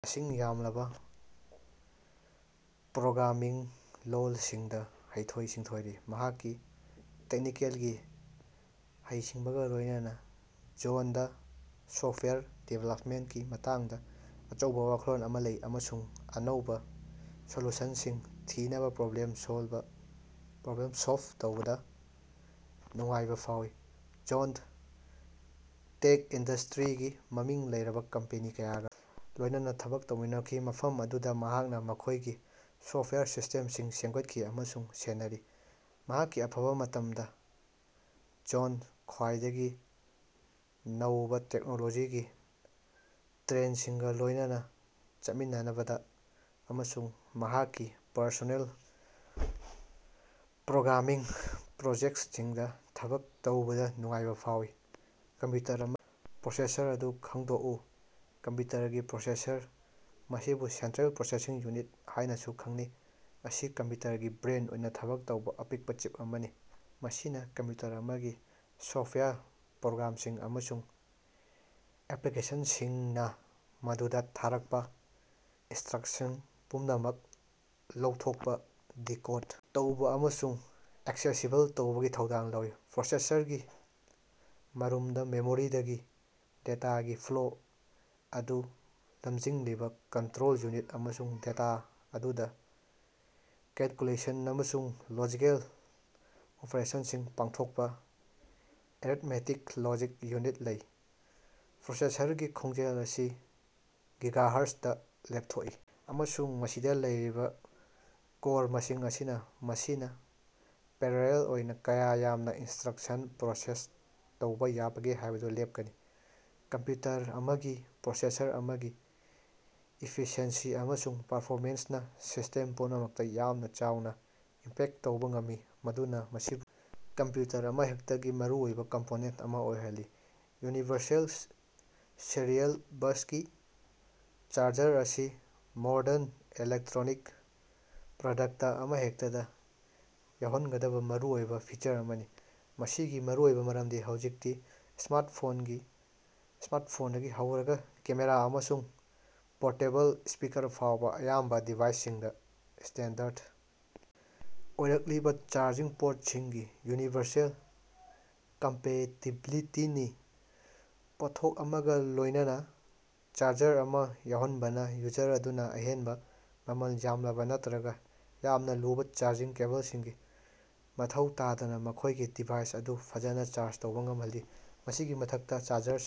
ꯃꯁꯤꯡ ꯌꯥꯝꯂꯕꯥ ꯄ꯭ꯔꯣꯒ꯭ꯔꯥꯃꯤꯡ ꯂꯣꯜꯁꯤꯡꯗꯥ ꯍꯩꯊꯣꯏ-ꯁꯤꯡꯊꯣꯏꯔꯤ꯫ ꯃꯍꯥꯛꯀꯤ ꯇꯦꯛꯅꯤꯀꯦꯜꯒꯤ ꯍꯩꯁꯤꯡꯕꯒꯥ ꯂꯣꯏꯅꯅꯥ ꯖꯣꯟꯗꯥ ꯁꯣꯐꯋꯦꯌꯔ ꯗꯤꯕꯦꯂꯞꯃꯦꯟꯇꯀꯤ ꯃꯇꯥꯡꯗꯥ ꯑꯆꯧꯕꯥ ꯋꯥꯈꯜꯂꯣꯟ ꯑꯃꯥ ꯂꯩ ꯑꯃꯁꯨꯡ ꯑꯅꯧꯕꯥ ꯁꯣꯂꯨꯁꯟꯁꯤꯡ ꯊꯤꯅꯕꯥ ꯄ꯭ꯔꯣꯕ꯭ꯂꯦꯝ ꯁꯣꯜꯕ ꯇꯧꯕꯗꯥ ꯅꯨꯡꯉꯥꯏꯕꯥ ꯐꯥꯎꯏ꯫ ꯖꯣꯟꯗꯥ ꯇꯦꯛ ꯏꯟꯗꯁꯇ꯭ꯔꯤꯒꯤ ꯃꯃꯤꯡ ꯂꯩꯔꯕꯥ ꯀꯝꯄꯦꯅꯤ ꯀꯌꯥꯒꯥ ꯂꯣꯏꯅꯅꯥ ꯊꯕꯛ ꯇꯧꯃꯤꯟꯅꯈꯤ ꯃꯐꯝ ꯑꯗꯨꯗꯥ ꯃꯍꯥꯛꯅꯥ ꯃꯈꯣꯏꯒꯤ ꯁꯣꯐꯋꯦꯌꯔ ꯁꯤꯁꯇꯦꯝꯁꯤꯡ ꯁꯦꯝꯒꯠꯈꯤ ꯑꯃꯁꯨꯡ ꯁꯦꯟꯅꯔꯤ꯫ ꯃꯍꯥꯛꯀꯤ ꯑꯐꯕꯥ ꯃꯇꯝꯗꯥ, ꯖꯣꯟꯗꯥ ꯈ꯭ꯋꯥꯏꯗꯒꯤ ꯅꯧꯕꯥ ꯇꯦꯛꯅꯣꯂꯣꯖꯤꯒꯤ ꯇ꯭ꯔꯦꯟꯗꯁꯤꯡꯒꯥ ꯂꯣꯏꯅꯅꯥ ꯆꯠꯃꯤꯟꯅꯕꯗꯥ ꯑꯃꯁꯨꯡ ꯃꯍꯥꯛꯀꯤ ꯄꯔꯁꯣꯅꯦꯜ ꯄ꯭ꯔꯣꯒ꯭ꯔꯥꯃꯤꯡ ꯄ꯭ꯔꯣꯖꯦꯛꯇꯁꯤꯡꯗꯥ ꯊꯕꯛ ꯇꯧꯕꯗꯥ ꯅꯨꯡꯉꯥꯏꯕꯥ ꯐꯥꯎꯏ꯫ ꯀꯝꯄ꯭ꯌꯨꯇꯔ ꯑꯃ ꯄ꯭ꯔꯣꯁꯦꯁꯔ ꯑꯗꯨ ꯈꯪꯗꯣꯛꯎ꯫ ꯀꯝꯄ꯭ꯌꯨꯇꯔꯒꯤ ꯄ꯭ꯔꯣꯁꯦꯁꯔ, ꯃꯁꯤꯕꯨ ꯁꯦꯟꯇ꯭ꯔꯦꯜ ꯄ꯭ꯔꯣꯁꯦꯁꯤꯡ ꯌꯨꯅꯤꯠ ꯍꯥꯏꯅꯥꯁꯨ ꯈꯪꯅꯩ, ꯃꯁꯤ ꯀꯝꯄ꯭ꯌꯨꯇꯔꯒꯤ ꯕ꯭ꯔꯦꯟ ꯑꯣꯏꯅꯥ ꯊꯕꯛ ꯇꯧꯕꯥ ꯑꯄꯤꯛꯄꯥ ꯆꯤꯞ ꯑꯃꯅꯤ꯫ ꯃꯁꯤꯅꯥ ꯀꯝꯄ꯭ꯌꯨꯇꯔ ꯑꯃꯒꯤ ꯁꯣꯐꯇꯋꯥꯌꯔ ꯄ꯭ꯔꯣꯒ꯭ꯔꯥꯝꯁꯤꯡ ꯑꯃꯁꯨꯡ ꯑꯦꯄ꯭ꯂꯤꯀꯦꯁꯟꯁꯤꯡꯅꯥ ꯃꯗꯨꯗꯥ ꯊꯥꯔꯛꯄꯥ ꯏꯟꯁꯇ꯭ꯔꯛꯁꯟ ꯄꯨꯝꯅꯃꯛ ꯂꯧꯊꯣꯛꯄꯥ, ꯗꯤꯀꯣꯗ ꯇꯧꯕꯥ ꯑꯃꯁꯨꯡ ꯑꯦꯛꯁꯦꯁꯤꯕꯜ ꯇꯧꯕꯒꯤ ꯊꯧꯗꯥꯡ ꯂꯧꯏ꯫ ꯄ꯭ꯔꯣꯁꯦꯁꯔꯒꯤ ꯃꯔꯨꯝꯗꯥ ꯃꯦꯃꯣꯔꯤꯗꯒꯤ ꯗꯦꯇꯥꯒꯤ ꯐ꯭ꯂꯣ ꯑꯗꯨ ꯂꯃꯖꯤꯡꯂꯤꯕꯥ ꯀꯟꯇ꯭ꯔꯣꯜ ꯌꯨꯅꯤꯠ ꯑꯃꯁꯨꯡ ꯗꯦꯇꯥ ꯑꯗꯨꯗꯥ ꯀꯦꯜꯀꯨꯂꯦꯁꯟ ꯑꯃꯁꯨꯡ ꯂꯣꯖꯤꯀꯦꯜ ꯑꯣꯄꯔꯦꯁꯟꯁꯤꯡ ꯄꯥꯡꯊꯣꯛꯄꯥ ꯑꯦꯔꯤꯠꯃꯦꯇꯤꯛ ꯂꯣꯖꯤꯛ ꯌꯨꯅꯤꯠ ꯂꯩ꯫ ꯄ꯭ꯔꯣꯁꯦꯁꯔꯒꯤ ꯈꯣꯡꯖꯦꯜ ꯑꯁꯤ ꯒꯤꯒꯥꯍꯔꯖ ꯗꯥ ꯂꯦꯞꯊꯣꯛꯏ ꯑꯃꯁꯨꯡ ꯃꯁꯤꯗꯥ ꯂꯩꯔꯤꯕꯥ ꯀꯣꯔ ꯃꯁꯤꯡ ꯑꯁꯤꯅꯥ ꯃꯁꯤꯅꯥ ꯄꯦꯔꯥꯂꯦꯜ ꯑꯣꯏꯅꯥ ꯀꯌꯥ ꯌꯥꯝꯅꯥ ꯏꯟꯁꯇ꯭ꯔꯛꯁꯟ ꯄ꯭ꯔꯣꯁꯦꯁ ꯇꯧꯕꯥ ꯌꯥꯕꯒꯦ ꯍꯥꯏꯕꯗꯨ ꯂꯦꯞꯀꯅꯤ꯫ ꯀꯝꯄ꯭ꯌꯨꯇꯔ ꯑꯃꯒꯤ ꯄ꯭ꯔꯣꯁꯦꯁꯔ ꯑꯃꯒꯤ ꯏꯐꯤꯁꯤꯑꯦꯟꯁꯤ ꯑꯃꯁꯨꯡ ꯄꯔꯐꯣꯃꯦꯟꯁꯅꯥ ꯁꯤꯁꯇꯦꯝ ꯄꯨꯝꯅꯃꯛꯇꯥ ꯌꯥꯝꯅꯥ ꯆꯥꯎꯅꯥ ꯏꯝꯄꯦꯛ ꯇꯧꯕꯥ ꯉꯝꯃꯤ, ꯃꯗꯨꯅꯥ ꯃꯁꯤꯕꯨ ꯀꯝꯄ꯭ꯌꯨꯇꯔ ꯑꯃꯍꯦꯛꯇꯒꯤ ꯃꯔꯨꯑꯣꯏꯕꯥ ꯀꯝꯄꯣꯅꯦꯟꯇ ꯑꯃꯥ ꯑꯣꯏꯍꯜꯂꯤ꯫ ꯌꯨꯅꯤꯕꯔꯁꯦꯜ ꯁꯦꯔꯤꯑꯦꯜ ꯕꯁꯒꯤ ꯆꯥꯔꯖꯔ ꯑꯁꯤ ꯃꯣꯔꯗꯟ ꯏꯂꯦꯛꯇ꯭ꯔꯣꯅꯤꯛ ꯄ꯭ꯔꯗꯛꯇ ꯑꯃꯍꯦꯛꯇꯗꯥ ꯌꯥꯎꯍꯟꯒꯗꯕꯥ ꯃꯔꯨꯑꯣꯏꯕꯥ ꯐꯤꯆꯔ ꯑꯃꯅꯤ꯫ ꯃꯁꯤꯒꯤ ꯃꯔꯨꯑꯣꯏꯕꯥ ꯃꯔꯝꯗꯤ ꯍꯧꯖꯤꯛꯇꯤ ꯁ꯭ꯃꯥꯔꯠꯐꯣꯟꯗꯒꯤ ꯍꯧꯔꯒꯥ ꯀꯦꯃꯦꯔꯥ ꯑꯃꯁꯨꯡ ꯄꯣꯔꯇꯦꯕꯜ ꯁ꯭ꯄꯤꯀꯥꯔ ꯐꯥꯎꯕꯥ ꯑꯌꯥꯝꯕꯥ ꯗꯤꯚꯥꯏꯁꯁꯤꯡꯗꯥ ꯁ꯭ꯇꯦꯟꯗꯔꯠ ꯑꯣꯏꯔꯛꯂꯤꯕꯥ ꯆꯥꯔꯖꯤꯡ ꯄꯣꯔꯠꯁꯤꯡꯒꯤ ꯌꯨꯅꯤꯚꯔꯁꯦꯜ ꯀꯝꯄꯦꯇꯤꯕꯤꯂꯤꯇꯤꯅꯤ꯫ ꯄꯣꯠꯊꯣꯛ ꯑꯃꯒꯥ ꯂꯣꯏꯅꯅꯥ ꯆꯥꯔꯖꯔ ꯑꯃꯥ ꯌꯥꯎꯍꯟꯕꯅꯥ ꯌꯨꯖꯔ ꯑꯗꯨꯅꯥ ꯑꯍꯦꯟꯕꯥ, ꯃꯃꯜ ꯌꯥꯝꯂꯕꯥ ꯅꯠꯇ꯭ꯔꯒꯥ ꯌꯥꯝꯅꯥ ꯂꯨꯕꯥ ꯆꯥꯔꯖꯤꯡ ꯀꯦꯕꯜꯁꯤꯡꯒꯤ ꯃꯊꯧ ꯇꯥꯗꯅꯥ ꯃꯈꯣꯏꯒꯤ ꯗꯤꯚꯥꯏꯁ ꯑꯗꯨ ꯐꯖꯅꯥ ꯆꯥꯔꯖ ꯇꯧꯕꯥ ꯉꯝꯍꯜꯂꯤ꯫ ꯃꯁꯤꯒꯤ ꯃꯊꯛꯇꯥ, ꯆꯥꯔꯖꯔꯁꯤꯡ